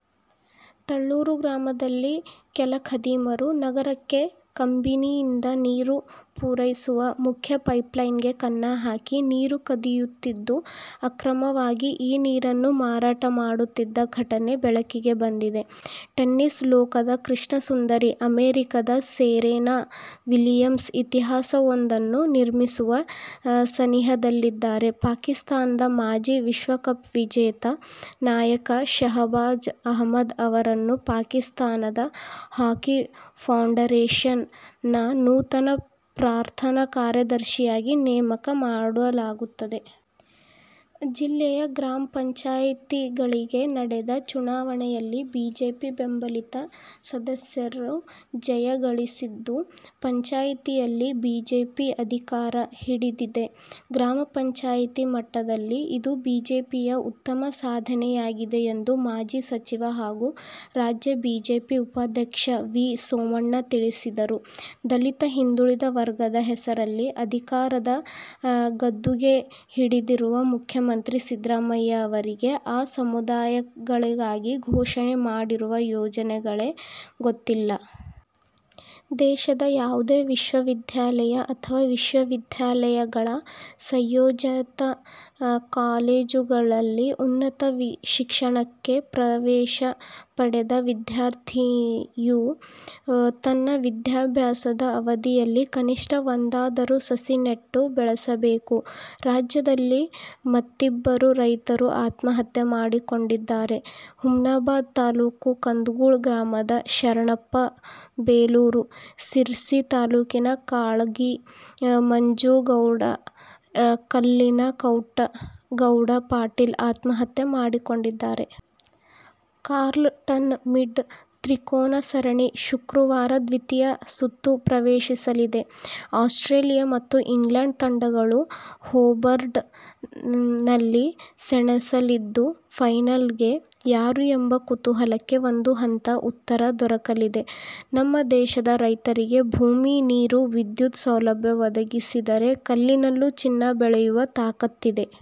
ತಳೂರು ಗ್ರಾಮದಲ್ಲಿ ಕೆಲ ಖದೀಮರು ನಗರಕ್ಕೆ ಕಬಿನಿಯಿಂದ ನೀರು ಪೂರೈಸುವ ಮುಖ್ಯ ಪೈಪ್ಲೈನ್ಗೆ ಕನ್ನ ಹಾಕಿ ನೀರು ಕದಿಯುತ್ತಿದ್ದು, ಅಕ್ರಮವಾಗಿ ಈ ನೀರನ್ನು ಮಾರಾಟ ಮಾಡುತ್ತಿದ್ದ ಘಟನೆ ಬೆಳಕಿಗೆ ಬಂದಿದೆ. ಟೆನ್ನಿಸ್ ಲೋಕದ ಕೃಷ್ಣ ಸುಂದರಿ, ಅಮೆರಿಕದ ಸೆರೆನಾ ವಿಲಿಯಮ್ಸ್ ಇತಿಹಾಸವೊಂದನ್ನು ನಿರ್ಮಿಸುವ ಸನಿಹದಲ್ಲಿದ್ದಾರೆ. ಪಾಕಿಸ್ಥಾನದ ಮಾಜಿ ವಿಶ್ವ ಕಪ್ ವಿಜೇತ ನಾಯಕ ಶಹಬಾಜ್ ಅಹ್ಮದ್ ಅವರನ್ನು ಪಾಕಿಸ್ಥಾನ ಹಾಕಿ ಫೆಡರೇಶನ್ ನ ನೂತನ ಪ್ರಧಾನ ಕಾರ್ಯದರ್ಶಿಯಾಗಿ ನೇಮಕ ಮಾಡಲಾಗಿದೆ. ಜಿಲ್ಲೆಯ ಗ್ರಾಮ ಪಂಚಾಯಿತಿಗಳಿಗೆ ನಡೆದ ಚುನಾವಣೆಯಲ್ಲಿ ಬಿಜೆಪಿ ಬೆಂಬಲಿತ ಸದಸ್ಯರು ಜಯಗಳಿಸಿದ್ದು, ಪಂಚಾಯಿತಿಗಳಲ್ಲಿ ಬಿಜೆಪಿ ಅಧಿಕಾರ ಹಿಡಿದಿದೆ. ಗ್ರಾಮ ಪಂಚಾಯಿತಿ ಮಟ್ಟದಲ್ಲಿ ಇದು ಬಿಜೆಪಿಯ ಉತ್ತಮ ಸಾಧನೆಯಾಗಿದೆ ಎಂದು ಮಾಜಿ ಸಚಿವ ಹಾಗೂ ರಾಜ್ಯ ಬಿಜೆಪಿ ಉಪಾಧ್ಯಕ್ಷ ವಿ. ಸೋಮಣ್ಣ ತಿಳಿಸಿದರು. "ದಲಿತ, ಹಿಂದುಳಿದ ವರ್ಗದ ಹೆಸರಲ್ಲಿ ಅಧಿಕಾರದ ಗದ್ದುಗೆ ಹಿಡಿದಿರುವ ಮುಖ್ಯಮಂತ್ರಿ ಸಿದ್ದರಾಮಯ್ಯ ಅವರಿಗೆ ಆ ಸಮುದಾಯಗಳಿಗಾಗಿ ಘೋಷಣೆ ಮಾಡಿರುವ ಯೋಜನೆಗಳೇ ಗೊತ್ತಿಲ್ಲ. ದೇಶದ ಯಾವುದೇ ವಿಶ್ವವಿದ್ಯಾಲಯ ಅಥವಾ ವಿಶ್ವವಿದ್ಯಾಲಯಗಳ ಸಂಯೋಜಿತ ಕಾಲೇಜುಗಳಲ್ಲಿ ಉನ್ನತ ಶಿಕ್ಷಣಕ್ಕೆ ಪ್ರವೇಶ ಪಡೆದ ವಿದ್ಯಾರ್ಥಿಯು ತನ್ನ ವಿದ್ಯಾಭ್ಯಾಸದ ಅವಧಿಯಲ್ಲಿ ಕನಿಷ್ಠ ಒಂದಾದರೂ ಸಸಿ ನೆಟ್ಟು ಬೆಳೆಸಬೇಕು. ರಾಜ್ಯದಲ್ಲಿ ಮತ್ತಿಬ್ಬರು ರೈತರು ಆತ್ಮಹತ್ಯೆ ಮಾಡಿಕೊಂಡಿದ್ದಾರೆ. ಹುಮನಾಬಾದ ತಾಲೂಕಿನ ಕಂದಗೂಳ ಗ್ರಾಮದ ಶರಣಪ್ಪ ಬೆಲೂರು, ಶಿರಸಿ ತಾಲೂಕಿನ ಕಾಳಂಗಿಯ ಮಂಜನಗೌಡ ಕಲ್ಲನ ಗೌಡ ಪಾಟೀಲ ಆತ್ಮಹತ್ಯೆ ಮಾಡಿಕೊಂಡಿದ್ದಾರೆ. "ಕಾರ್ಲ್ ಟನ್ ಮಿಡ್' ತ್ರಿಕೋನ ಸರಣಿ ಶುಕ್ರವಾರ ದ್ವಿತೀಯ ಸುತ್ತು ಪ್ರವೇ ಶಿಸಲಿದೆ. ಆಸ್ಟ್ರೇಲಿಯ ಮತ್ತು ಇಂಗ್ಲೆಂಡ್ ತಂಡಗಳು ಹೋಬರ್ಟ್ ನಲ್ಲಿ ಸೆಣಸಲಿದ್ದು, ಫೈನಲ್ಗೆ ಯಾರು ಎಂಬ ಕುತೂಹಲಕ್ಕೆ ಒಂದು ಹಂತದ ಉತ್ತರ ದೊರಕಲಿದೆ. "ನಮ್ಮ ದೇಶದ ರೈತರಿಗೆ ಭೂಮಿ, ನೀರು, ವಿದ್ಯುತ್ ಸೌಲಭ್ಯ ಒದಗಿಸಿದರೆ ಕಲ್ಲಿನಲ್ಲೂ ಚಿನ್ನ ಬೆಳೆಯುವ ತಾಕತ್ತಿದೆ.